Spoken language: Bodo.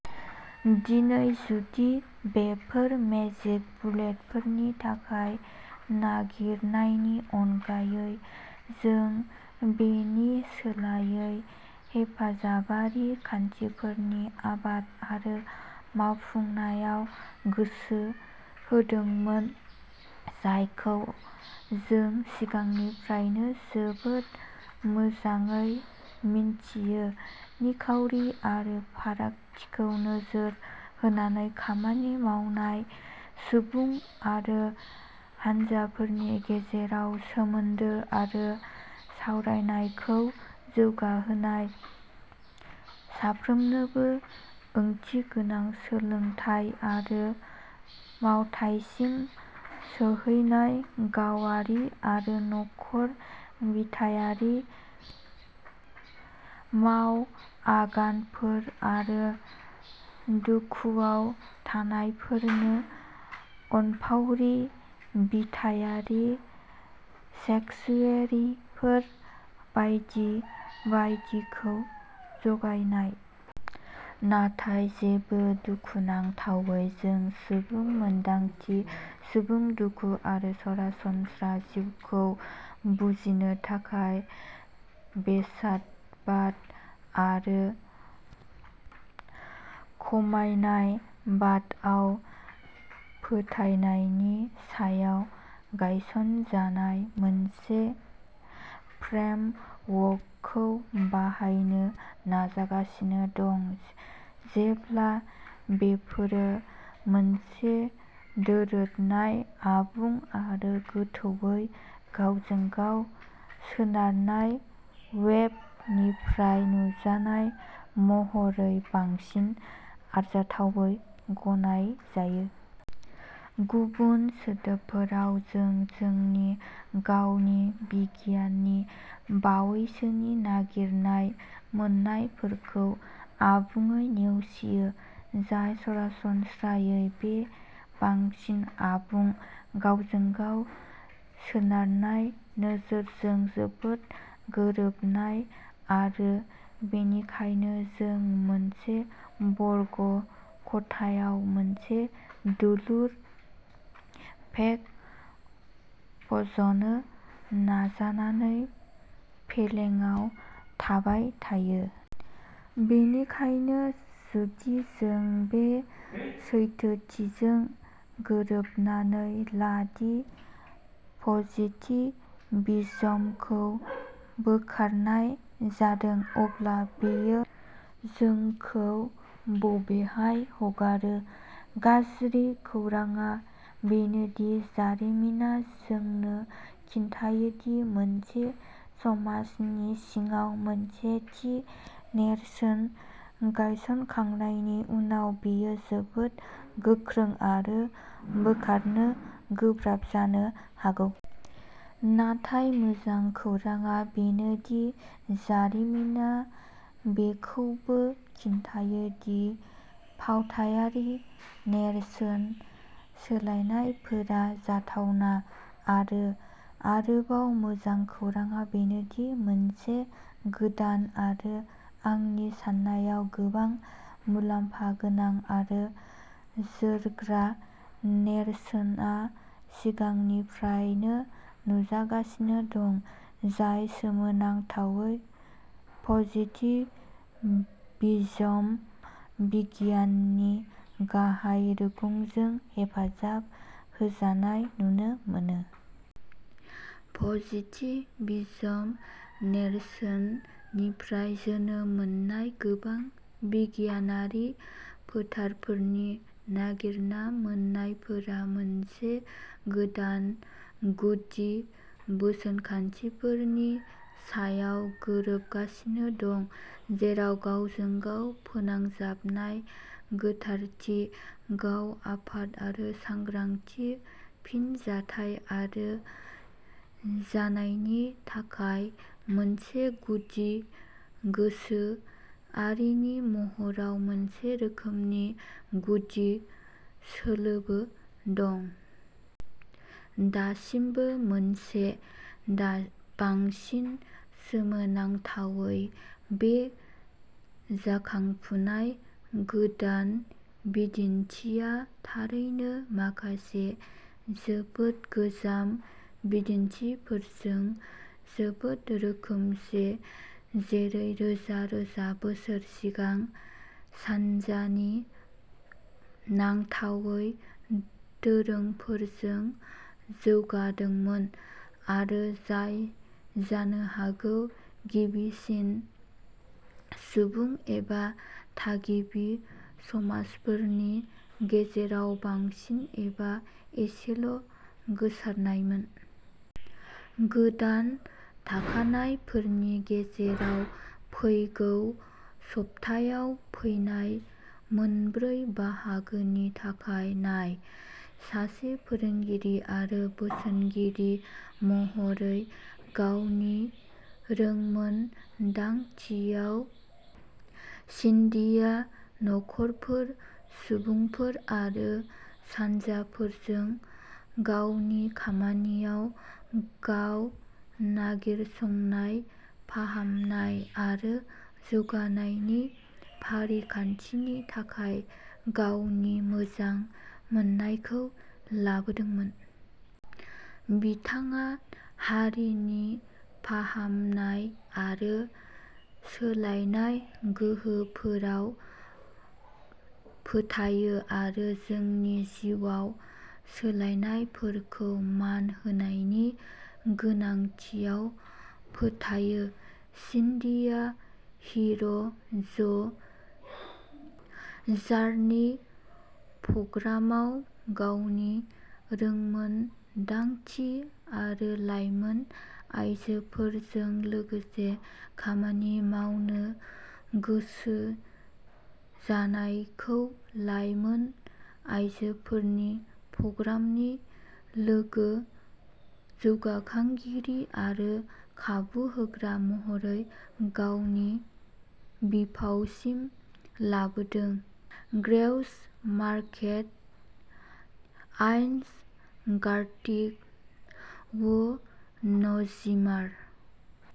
दिनै जुदि बैफोर "मेजिक बुलेट" फोरनि थाखाय नागिरनायनि अनगायै, जों बेनि सोलायै हेफाजाबारि खान्थिफोरनि आबाद आरो मावफुंनायाव गोसो होदोंमोन जायखौ जों सिगांनिफ्रायनो जोबोद मोजाङै मिन्थियो-निखावरि आरो फारागथिखौ नोजोर होनानै खामानि मावनाय, सुबुं आरो हानजाफोरनि गेजेराव सोमोन्दो आरो सावरायनायखौ जौगाहोनाय, साफ्रोमनोबो ओंथिगोनां सोलोंथाय आरो मावथायसिम सौहैनाय, गावारि-आरो नखर-बिथायारि मावआगानफोर आरो दुखुआव थानायफोरनो अनफावरि-बिथायारि सेंक्सुयेरिफोर बायदि बायदिखौ जगायनाय। नाथाय जेबो-दुखुनांथावै, जों सुबुं मोन्दांथि, सुबुं दुखु आरो सरासनस्रा जिउखौ बुजिनो थाखाय बेसादबाद आरो खमायनायबादआव फोथायनायनि सायाव गायसनजानाय मोनसे फ्रेमवर्कखौ बाहायनो नाजागासिनो दं, जेब्ला बेफोरो मोनसे दोरोदनाय, आबुं आरो गोथौवै गावजों-गाव सोनारनाय "वेब" निफ्राय नुजानाय महरै बांसिन आरजाथावै गनायजायो। गुबुन सोदोबफोराव, जों जोंनि गावनि बिगियाननि बावैसोनि नागिरना मोन्नायफोरखौ आबुङै नेवसियो, जाय सरासनस्रायै बे बांसिन आबुं, गावजों-गाव सोनारनाय नोजोरजों जोबोद गोरोबनाय, आरो बेनिखायनो जों मोनसे बर्ग ख'थायाव मोनसे दुलुर पेग फज'नो नाजानानै फेलेंआव थाबाय थायो। बेनिखायनो जुदि जों बे सैथोथिजों गोरोबनानै ला दि पजिटिभिज्मखौ बोखारनाय जादों, अब्ला बेयो जोंखौ बबेहाय हगारो? गाज्रि खौरांआ बेनो दि जारिमिना जोंनो खिन्थायो दि मोनसे समाजनि सिङाव मोनसे थि नेरसोन गायसनखांनायनि उनाव, बेयो जोबोद गोख्रों आरो बोखारनो गोब्राब जानो हागौ। नाथाय मोजां खौरांआ बेनो दि जारिमिना बेखौबो खिन्थायो दि फावथायारि नेरसोन सोलायनायफोरा जाथावना। आरो आरोबाव मोजां खौरांआ बेनोदि मोनसे गोदान, आरो आंनि सान्नायाव, गोबां मुलाम्फा गोनां आरो जोरग्रा नेरसोनआ सिगांनिफ्रायनो नुजागासिनो दं, जाय सोमोनांथावै पजिटिभिज्म बिगियाननि गाहाय रुगुंजों हेफाजाब होजानाय नुनो मोनो। पजिटिभिज्म नेरसोननिफ्राय जोनोम मोननाय गोबां बिगियानारि फोथारफोरनि नागिरना मोन्नायफोरा मोनसे गोदान गुदि बोसोनखान्थिफोरनि सायाव गोरोबगासिनो दं, जेराव गावजों-गाव फोनांजाबनाय, गोथारथि, गाव-आफाद, आरो सांग्रांथि, फिनजाथाय आरो जानायनि थाखाय मोनसे गुदि गोसोआरिनि महराव मोनसे रोखोमनि गुदि सोलोबो दं। दासिमबो मोनसे। दा बांसिन सोमोनांथावै, बे जाखांफुनाय "गोदान" बिदिनथिया थारैनो माखासे जोबोद गोजाम "बिदिनथिफोरजों जोबोद रोखोमसे-जेरै रोजा-रोजा बोसोर सिगां सानजानि नांथावै दोरोंफोरजों जौगादोंमोन, आरो जाय जानो हागौ गिबिसिन सुबुं, एबा थागिबि, समाजफोरनि गेजेराव बांसिन एबा एसेल'गोसारनायमोन। गोदान थाखानायफोरनि गेजेराव फैगौ सप्तायाव फैनाय मोनब्रै बाहागोनि थाखाय नाय! सासे फोरोंगिरि आरो बोसोनगिरि महरै गावनि रोंमोनदांथियाव, सिन्डीआ नखरफोर, सुबुंफोर आरो हानजाफोरजों गावनि खामानियाव गाव-नागिरसंनाय, फाहामनाय आरो जौगानायनि फारिखान्थिनि थाखाय गावनि मोजां मोननायखौ लाबोदोंमोन। बिथाङा हारिनि फाहामनाय आरो सोलायनाय गोहोफोराव फोथायो आरो जोंनि जिउआव सोलायनायफोरखौ मान होनायनि गोनांथियाव फोथायो। सिन्डीआ हिर'ज जार्नि प्रग्रामाव गावनि रोंमोनदांथि आरो लाइमोन आयजोफोरजों लोगोसे खामानि मावनो गोसो जानायखौ लायमोन आयजोफोरनि प्रग्रामनि लोगो-जौगाखांगिरि आरो खाबु होग्रा महरै गावनि बिफावसिम लाबोदों। ग्रेउस पार्केट आइन्जगार्टिग व'नजिमार